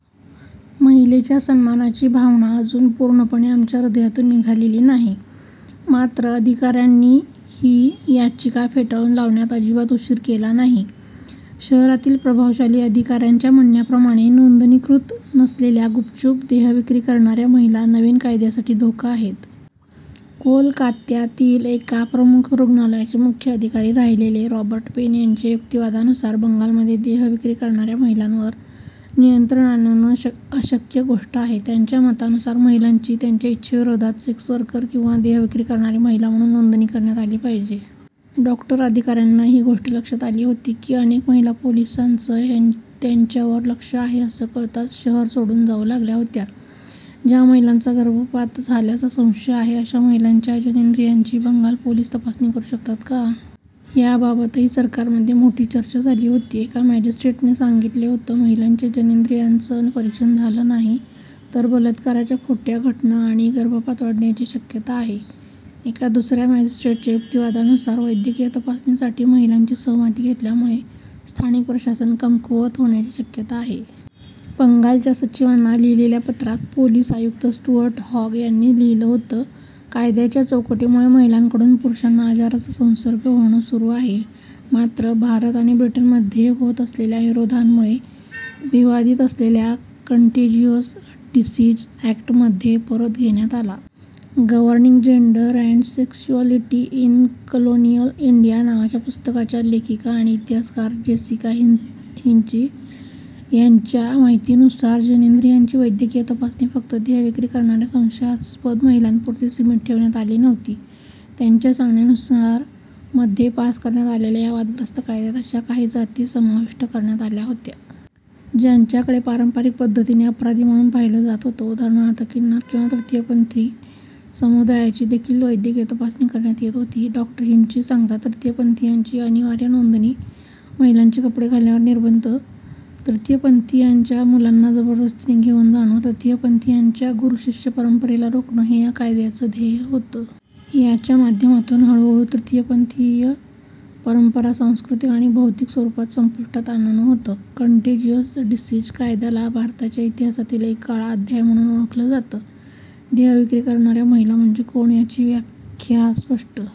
महिलेच्या सन्मानाची भावना अजून पूर्णपणे आमच्या हृदयातून निघालेली नाही. मात्र अधिकाऱ्यांनी ही याचिका फेटाळून लावण्यात अजिबात उशीर केला नाही. शहरातील प्रभावशाली अधिकाऱ्यांच्या म्हणण्याप्रमाणे नोंदणीकृत नसलेल्या गुपचूप देहविक्री करणाऱ्या महिला नवीन कायद्यासाठी धोका आहेत. कोलकात्यातील एका प्रमुख रुग्णालयाचे मुख्य अधिकारी राहिलेले रॉबर्ट पेन यांच्या युक्तिवादानुसार, बंगालमध्ये देहविक्री करणाऱ्या महिलांवर नियंत्रण आणणं अशक्य गोष्ट आहे. त्यांच्या मतानुसार, महिलांची त्यांच्या इच्छेविरोधात सेक्स वर्कर किंवा देहविक्री करणारी महिला म्हणून नोंदणी करण्यात आली पाहिजे. डॉ. अधिकाऱ्यांना ही गोष्ट लक्षात आली होती की अनेक महिला पोलिसांच त्यांच्यावर लक्ष आहे असं कळताच शहर सोडून जाऊ लागल्या होत्या. ज्या महिलांचा गर्भपात झाल्याचा संशय आहे. अशा महिलांच्या जननेंद्रियांची बंगाल पोलीस तपासणी करू शकतात का? याबाबतही सरकारमध्ये मोठी चर्चा झाली होती. एका मॅजिस्ट्रेटने सांगितलं होतं, महिलांच्या जननेंद्रियांचं परीक्षण झालं नाही, तर बलात्काराच्या खोट्या घटना आणि गर्भपात वाढण्याची शक्यता आहे. एका दुसऱ्या मॅजिस्ट्रेटच्या युक्तिवादानुसार, वैद्यकीय तपासणीसाठी महिलांची सहमती घेतल्यामुळे स्थानिक प्रशासन कमकुवत होण्याची शक्यता आहे. बंगालच्या सचिवांना लिहिलेल्या पत्रात, पोलीस आयुक्त स्टुअर्ट हॉग यांनी लिहिलं होतं, कायद्याच्या चौकटीमुळे महिलांकडून पुरुषांना आजाराचा संसर्ग होणं सुरू आहे. मात्र, भारत आणि ब्रिटनमध्ये होत असलेल्या विरोधामुळे विवादित असलेला कंटेंजिअस डिसिज अॅक्ट मध्ये परत घेण्यात आला. 'Governing gender and sexuality in colonial India' नावाच्या पुस्तकाच्या लेखिका आणि इतिहासकार जेसिका हिंची यांच्या माहितीनुसार जननेंद्रियांची वैद्यकीय तपासणी फक्त देहविक्री करणाऱ्या संशयास्पद महिलांपुरती सिमित ठेवण्यात आली नव्हती. त्यांच्या सांगण्यानुसार, मध्ये पास करण्यात आलेल्या या वादग्रस्त कायद्यात अशा काही जाती समाविष्ट करण्यात आल्या होत्या. ज्यांच्याकडे पारंपारिक पद्धतीने अपराधी म्हणून पाहिलं जात होतं. उदाहरणार्थ, किन्नर किंवा तृतीयपंथी समुदायाची देखील वैद्यकीय तपासणी करण्यात येत होती. डॉ हिंची सांगतात तृतीयपंथीयांची अनिवार्य नोंदणी, महिलांचे कपडे घालण्यावर निर्बंध तृतीयपंथीयांच्या मुलांना जबरदस्तीने घेऊन जाणं, तृतीयपंथीयांच्या गुरू-शिष्य परंपरेला रोखणं हे या कायद्याचं ध्येय होतं. याच्या माध्यमातून हळूहळू तृतीयपंथीय परंपरा सांस्कृतिक आणि भौतिक स्वरूपात संपुष्टात आणणं होतं. कंटेजिअस डिसीज कायद्याला भारताच्या इतिहासातील एक काळा अध्याय म्हणून ओळखलं जातं. देहविक्री करणाऱ्या महिला म्हणजे कोण? याची व्याख्या स्पष्ट